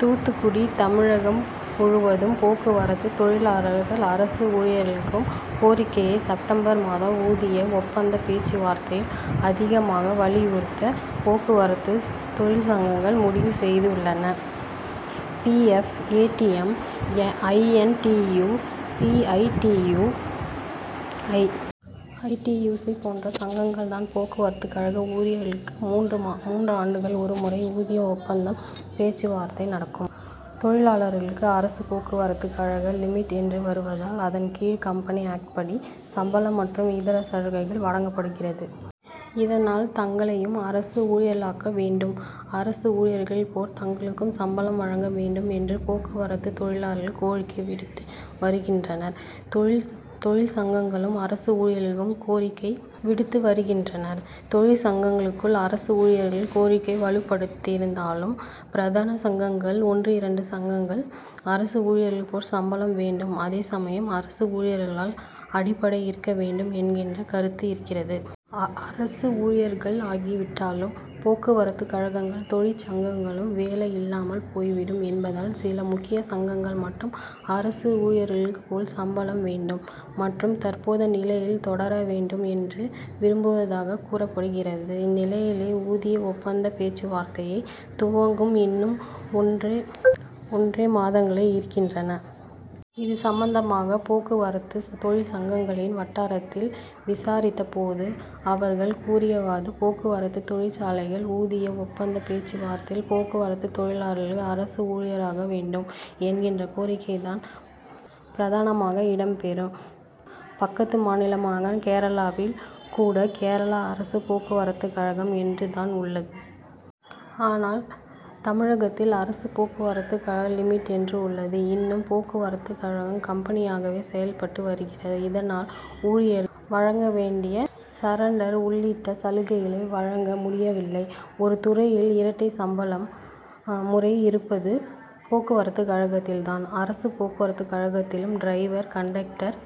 தூத்துக்குடி தமிழகம் முழுவதும் போக்குவரத்து தொழிலாளர்களை அரசு ஊழியராக்கும் கோரிக்கையை செப்டம்பர் மாத ஊதிய ஒப்பந்த பேச்சுவார்த்தையில் அதிகமாக வலியுறுத்த போக்குவரத்து தொழிற்சங்கங்கள் முடிவு செய்துள்ளன. P. F, A. T. M, I. N. T. U. C, C. I. T. U, A. I. T. U. C போன்ற சங்கங்கள் தான். போக்குவரத்துகழக ஊழியர்களுக்கு மூன்று ஆண்டுகளுக்கு ஒரு முறை ஊதிய ஒப்பந்த பேச்சுவார்த்தை நடக்கும். தொழிலாளர்களுக்கு அரசு போக்குவரத்துகழகம் லிமிடெட் என்று வருவதால் அதன் கீழ் கம்பெனி ஆக்ட் படி சம்பளம் மற்றும் இதர சலுகைகள் வழங்கப்படுகிறது. இதனால் தங்களையும் அரசு ஊழியர்களாக்க வேண்டும். அரசு ஊழியர்கள் போல் தங்களுக்கும் சம்பளம் வழங்க வேண்டும் என்று போக்குவரத்து தொழிலாளர்கள் கோரிக்கை விடுத்து வருகின்றனர். தொழிற்சங்கங்களுக்குள் அரசு ஊழியர்கள் கோரிக்கை வலுப்பெற்றிருந்தாலும் பிரதான சங்கங்களில் ஒன்றிரெண்டு சங்கங்கள் அரசு ஊழியர் போல் சம்பளம் வேண்டும். அதே சமயம் அரசு ஊழியராக்காமல் அப்படியே இருக்க வேண்டும் என்கிற கருத்தும் இருக்கிறது. அரசு ஊழியர்கள் ஆகி விட்டால் போக்குவரத்துகழகங்களில் தொழிற்சங்கங்களுக்கு வேலை இல்லாமல் போய்விடும் என்பதால் சில முக்கிய சங்கங்கள் மட்டும் அரசு ஊழியர்கள் போல் சம்பளம் வேண்டும். மற்றது தற்போதைய நிலையிலே தொடர வேண்டும் என்று விரும்புதவாக கூறப்படுகிறது. இந்நிலையில் ஊதிய ஒப்பந்த பேச்சுவார்த்தையை துவக்க இன்னும் ஒன்றரை மாதங்களே இருக்கின்றன. இது சம்பந்தமாக போக்குவரத்து தொழிற்சங்கங்களின் வட்டாரத்தில் விசாரித்த போது அவர்கள் கூறியதாவது போக்குவரத்து தொழிலாளர்கள் ஊதிய ஒப்பந்த பேச்சுவார்த்தையில் போக்குவரத்து தொழிலாளர்களை அரசு ஊழியராக்க வேண்டும் என்கிற கோரிக்கை தான் பிரதானமாக இடம் பெறும். பக்கத்து மாநிலமான கேரளாவில் கூட கேரள அரசு போக்குவரத்துகழகம் என்று தான் உள்ளது. ஆனால் தமிழகத்தில் அரசு போக்குவரத்துகழகம் லிமிடட் என்று உள்ளது. இன்னும் போக்குவரத்துகழகம் கம்பெனியாகவே செயல்பட்டு வருகிறது. இதனால் ஊழியர்களுக்கு வழங்க வேண்டிய சரண்டர் உள்ளிட்ட சலுகைகள் வழங்க முடியவில்லை. ஒரு துறையில் இரட்டை சம்பள முறை இருப்பது போக்குவரத்துகழகத்தில் தான். அரசு போக்குவரத்துகழகத்தில் டிரைவர், கண்டக்டர்,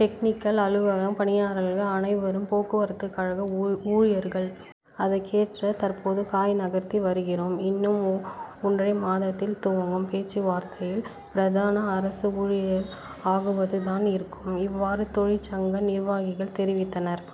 டெக்னிக்கல், அலுவலக பணியாளர்கள் அனைவரும் போக்குவரத்துகழக ஊழியர்கள். அதற்கு ஏற்ப தற்போது காய் நகர்த்தி வருகிறோம். இன்னும் ஒன்றரை மாதத்தில் துவங்கும் பேச்சுவார்த்தையில் பிரதானம் அரசு ஊழியர்கள் ஆக்குவது தான் இருக்கும். இவ்வாறு தொழிற்சங்க நிர்வாகிகள் தெரிவித்தனர்.